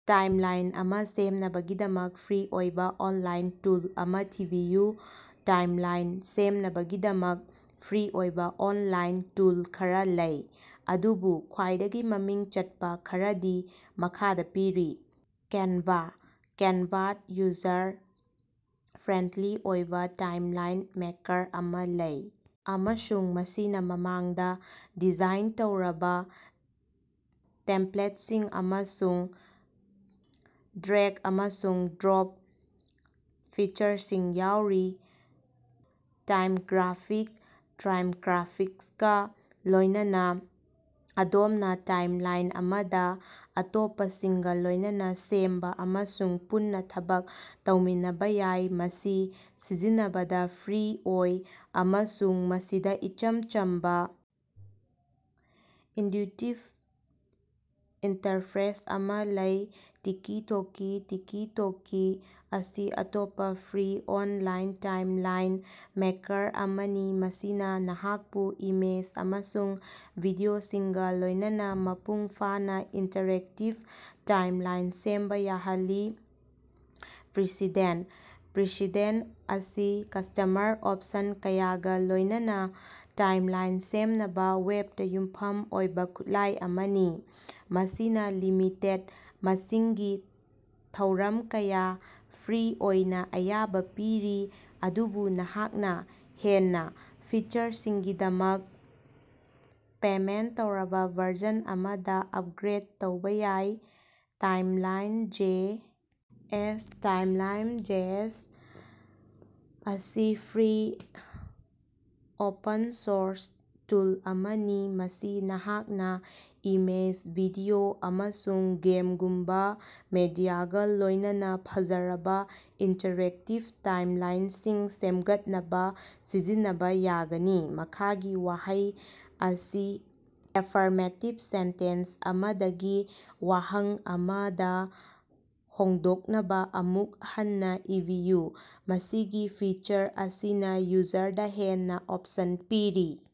Timeline ꯑꯃ ꯁꯦꯝꯅꯕꯒꯤꯗꯃꯛ free ꯑꯣꯏꯕ ꯑꯣꯟꯂꯥꯏꯟ ꯇꯨꯜ ꯑꯃ ꯊꯤꯕꯤꯌꯨ꯫ ꯇꯥꯏꯝꯂꯥꯏꯟ ꯁꯦꯝꯅꯕꯒꯤꯗꯃꯛ ꯐ꯭ꯔꯤ ꯑꯣꯏꯕ ꯑꯣꯟꯂꯥꯏꯟ ꯇꯨꯜ ꯈꯔ ꯂꯩ, ꯑꯗꯨꯕꯨ ꯈ꯭ꯋꯥꯏꯗꯒꯤ ꯃꯃꯤꯡ ꯆꯠꯄ ꯈꯔꯗꯤ ꯃꯈꯥꯗ ꯄꯤꯔꯤ: ꯀꯦꯅꯚꯥ: ꯀꯦꯅꯚꯥꯗ ꯌꯨꯖꯔ ꯐ꯭ꯔꯦꯟꯗꯂꯤ ꯑꯣꯏꯕ ꯇꯥꯏꯝꯂꯥꯏꯟ ꯃꯦꯀꯔ ꯑꯃ ꯂꯩ ꯑꯃꯁꯨꯡ ꯃꯁꯤꯅ ꯃꯃꯥꯡꯗ ꯗꯤꯖꯥꯏꯟ ꯇꯧꯔꯕ ꯇꯦꯝꯄꯂꯦꯠꯁꯤꯡ ꯑꯃꯁꯨꯡ ꯗ꯭ꯔꯦꯒ- ꯑꯃꯁꯨꯡ-ꯗ꯭ꯔꯣꯞ ꯐꯤꯆꯔꯁꯤꯡ ꯌꯥꯎꯔꯤ꯫ ꯇꯥꯏꯝꯒ꯭ꯔꯥꯐꯤꯛ: ꯇꯥꯏꯝꯒ꯭ꯔꯥꯐꯤꯛꯁꯀ ꯂꯣꯏꯅꯅ ꯑꯗꯣꯝꯅ ꯇꯥꯏꯝꯂꯥꯏꯟ ꯑꯃꯗ ꯑꯇꯣꯞꯄꯁꯤꯡꯒ ꯂꯣꯏꯅꯅ ꯁꯦꯝꯕ ꯑꯃꯁꯨꯡ ꯄꯨꯟꯅ ꯊꯕꯛ ꯇꯧꯃꯤꯟꯅꯕ ꯌꯥꯏ꯫ ꯃꯁꯤ ꯁꯤꯖꯤꯟꯅꯕꯗ ꯐ꯭ꯔꯤ ꯑꯣꯏ ꯑꯃꯁꯨꯡ ꯃꯁꯤꯗ ꯏꯆꯝ ꯆꯝꯕ, ꯏꯟꯇ꯭ꯌꯨꯇꯤꯞ ꯏꯟꯇꯔꯐꯦꯁ ꯑꯃꯥ ꯂꯩ꯫ ꯇꯤꯀꯤ-ꯇꯣꯀꯤ: ꯇꯤꯀꯤ-ꯇꯣꯀꯤ ꯑꯁꯤ ꯑꯇꯣꯞꯄꯥ ꯐ꯭ꯔꯤ ꯑꯣꯅꯂꯥꯏꯟ ꯇꯥꯏꯝꯂꯥꯏꯟ ꯃꯦꯀꯔ ꯑꯃꯅꯤ ꯃꯁꯤꯅ ꯅꯍꯥꯛꯄꯨ ꯏꯃꯦꯖ ꯑꯃꯁꯨꯡ ꯚꯤꯗꯤꯑꯣꯁꯤꯡꯒ ꯂꯣꯏꯅꯅ ꯃꯄꯨꯡ ꯐꯥꯅ ꯏꯟꯇꯔꯦꯛꯇꯤꯕ ꯇꯥꯏꯝꯂꯥꯏꯟ ꯁꯦꯝꯕ ꯌꯥꯍꯜꯂꯤ꯫ ꯄ꯭ꯔꯤꯁꯤꯗꯦꯟ: ꯄ꯭ꯔꯤꯁꯦꯗꯦꯟ ꯑꯁꯤ ꯀꯁ꯭ꯇꯃꯔ ꯑꯣꯞꯁꯟ ꯀꯌꯥꯒ ꯂꯣꯏꯅꯅ ꯇꯥꯏꯝꯂꯥꯏꯟ ꯁꯦꯝꯅꯕ ꯋꯦꯕꯇ ꯌꯨꯝꯐꯝ ꯑꯣꯏꯕ ꯈꯨꯠꯂꯥꯏ ꯑꯃꯅꯤ꯫ ꯃꯁꯤꯅ ꯂꯤꯃꯤꯇꯦꯗ ꯃꯁꯤꯡꯒꯤ ꯊꯧꯔꯝ ꯀꯌꯥ ꯐ꯭ꯔꯤ ꯑꯣꯏꯅ ꯑꯌꯥꯕꯥ ꯄꯤꯔꯤ, ꯑꯗꯨꯕꯨ ꯅꯍꯥꯛꯅ ꯍꯦꯟꯅ ꯐꯤꯆꯔꯁꯤꯡꯒꯤꯗꯃꯛꯇ ꯄꯦꯃꯦꯟꯠ ꯇꯧꯔꯕ ꯚꯔꯖꯟ ꯑꯃꯗ ꯑꯄꯒ꯭ꯔꯦꯗ ꯇꯧꯕ ꯌꯥꯏ꯫ Timeline J. ꯑꯦꯁ.: ꯇꯥꯏꯝꯂꯥꯏꯟꯖꯦꯑꯦꯁ ꯑꯁꯤ ꯐ꯭ꯔꯤ, ꯑꯣꯄꯟ-ꯁꯣꯔꯁ ꯇꯨꯜ ꯑꯃꯅꯤ, ꯃꯁꯤ ꯅꯍꯥꯛꯅ ꯏꯃꯦꯖ, ꯚꯤꯗꯤꯑꯣ, ꯑꯃꯁꯨꯡ ꯃꯦꯞꯒꯨꯝꯕꯥ ꯃꯤꯗꯤꯌꯥꯒꯥ ꯂꯣꯏꯅꯅ ꯐꯖꯔꯕ ꯏꯟꯇꯔꯦꯛꯇꯤꯕ ꯇꯥꯏꯝꯂꯥꯏꯅꯁꯤꯡ ꯁꯦꯃꯒꯠꯅꯕ ꯁꯤꯖꯤꯟꯅꯕ ꯌꯥꯒꯅꯤ꯫ ꯃꯈꯥꯒꯤ ꯋꯥꯍꯩ ꯑꯁꯤ ꯑꯦꯐꯦꯔꯃꯦꯇꯤꯕ ꯁꯦꯟꯇꯦꯟꯁ ꯑꯃꯗꯒꯤ ꯋꯥꯍꯪ ꯑꯃꯗ ꯍꯣꯡꯗꯣꯛꯅꯕ ꯑꯃꯨꯛ ꯍꯟꯅ ꯏꯕꯤꯌꯨ꯫ ꯃꯁꯤꯒꯤ ꯐꯤꯆꯔ ꯑꯁꯤꯅ ꯌꯨꯖꯔꯗ ꯍꯦꯟꯅ ꯑꯣꯞꯁꯟ ꯄꯤꯔꯤ꯫